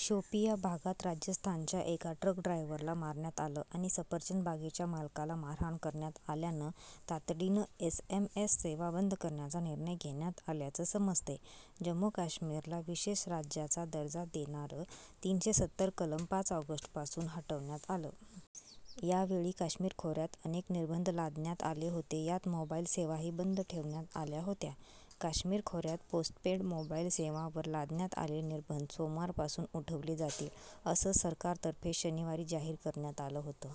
शोपिया भागात राजस्थानच्या एका ट्रक ड्रायव्हरला मारण्यात आलं आणि सफरचंद बागेच्या मालकाला मारहाण करण्यात आल्यानं तातडीनं एसएमएस सेवा बंद करण्याचा निर्णय घेण्यात आल्याचं समजतंय. जम्मू काश्मीरला विशेष राज्याचा दर्जा देणारं तीनशे सत्तर कलम पाच ऑगस्टपासून हटवण्यात आलं. यावेळी काश्मीर खोऱ्यात अनेक निर्बंध लादण्यात आले होते, यात मोबाईल सेवाही बंद ठेवण्यात आल्या होत्या. काश्मीर खोऱ्यात पोस्टपेड मोबाईल सेवांवर लादण्यात आलेले निर्बंध सोमवार पासून उठवले जातील, असं सरकारतर्फे शनिवारी जाहीर करण्यात आलं होतं.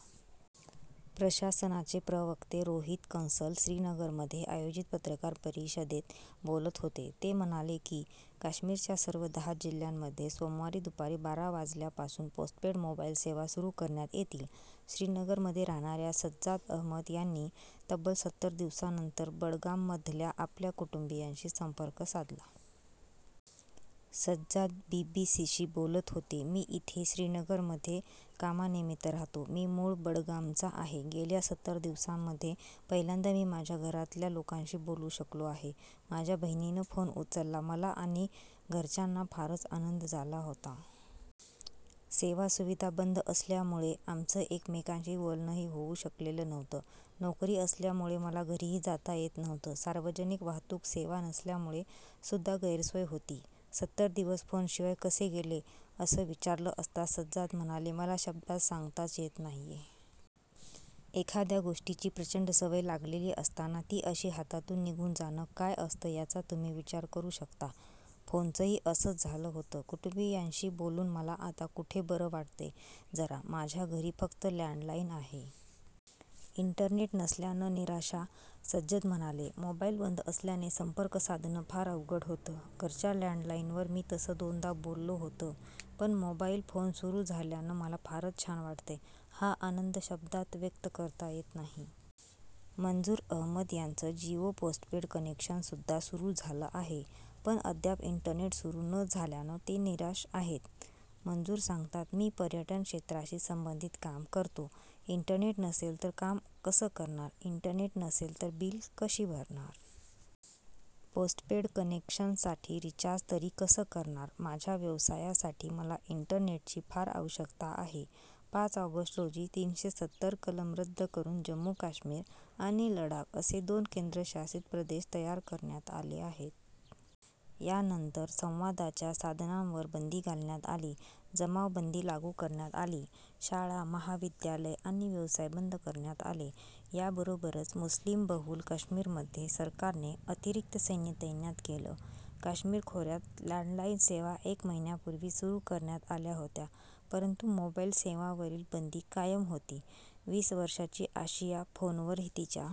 प्रशासनाचे प्रवक्ते रोहीत कंसल श्रीनगरमध्ये आयोजित पत्रकार परिषदेत बोलत होते. ते म्हणाले की, काश्मीरच्या सर्व दहा जिल्ह्यांमध्ये सोमवारी दुपारी बारा वाजल्यापासून पोस्टपेड मोबाईल सेवा सुरू करण्यात येतील. श्रीनगरमध्ये राहणाऱ्या सज्जाद अहमद यांनी तब्बल सत्तर दिवसांनंतर बडगाममधल्या आपल्या कुटुंबीयांशी संपर्क साधला. सज्जाद बीबीसीशी बोलत होते, मी इथे श्रीनगरमध्ये कामानिमित्त राहतो. मी मूळ बडगामचा आहे. गेल्या सत्तर दिवसांमध्ये पहिल्यांदा मी माझ्या घरातल्या लोकांशी बोलू शकलो आहे. माझ्या बहिणीनं फोन उचलला. मला आणि घरच्यांना फारच आनंद झाला होता. सेवासुविधा बंद असल्यामुळे आमचं एकमेकांशी बोलणंही होऊ शकलेलं नव्हतं. नोकरी असल्यामुळे मला घरीही जाता येत नव्हतं. सार्वजनिक वाहतूक सेवा नसल्यामुळे सुद्धा गैरसोय होती. सत्तर दिवस फोनशिवाय कसे गेले, असं विचारलं असता सज्जाद म्हणाले, मला शब्दांत सांगताच येत नाहीये. एखाद्या गोष्टीची प्रचंड सवय लागलेली असताना ती अशी हातातून निघून जाणं काय असतं याचा तुम्ही विचार करू शकता. फोनचंही असंच झालं होतं. कुटुंबीयांशी बोलून मला आता कुठे बरं वाटतंय जरा. माझ्या घरी फक्त लँडलाइन आहे. इंटरनेट नसल्यानं निराशा सज्जद म्हणाले, मोबाईल बंद असल्याने संपर्क साधणं फार अवघड होतं. घरच्या लँडलाइनवर मी तसं दोनदा बोललो होतं. पण मोबाईल फोन सुरू झाल्यानं मला फारच छान वाटतंय. हा आनंद शब्दांत व्यक्त करता येत नाही. मंजूर अहमद यांचं जिओ पोस्टपेड कनेक्शनसुद्धा सुरू झालं आहे. पण अद्याप इंटरनेट सुरू न झाल्यानं ते निराश आहेत. मंजूर सांगतात, मी पर्यटन क्षेत्राशी संबंधित काम करतो. इंटरनेट नसेल तर काम कसं करणार. इंटरनेट नसेल तर बिलं कशी भरणार. पोस्टपेड कनेक्शनसाठी रिचार्ज तरी कसं करणार. माझ्या व्यवसायासाठी मला इंटरनेटची फार आवश्यकता आहे. पाच ऑगस्ट रोजी तीनशे सत्तर कलम रद्द करून जम्मू काश्मीर आणि लडाख असे दोन केंद्रशासित प्रदेश तयार करण्यात आले आहेत. यानंतर संवादाच्या साधनांवर बंदी घालण्यात आली, जमावबंदी लागू करण्यात आली. शाळा, महाविद्यालयं आणि व्यवसाय बंद करण्यात आले. याबरोबरच मुस्लीमबहुल काश्मीरमध्ये सरकारने अतिरिक्त सैन्य तैनात केलं. काश्मीर खोऱ्यात लँडलाईन सेवा एक महिन्यापूर्वीच सुरू करण्यात आल्या होत्या, परंतु मोबाईल सेवांवरील बंदी कायम होती. वीस वर्षांची आशिया फोनवर तिच्या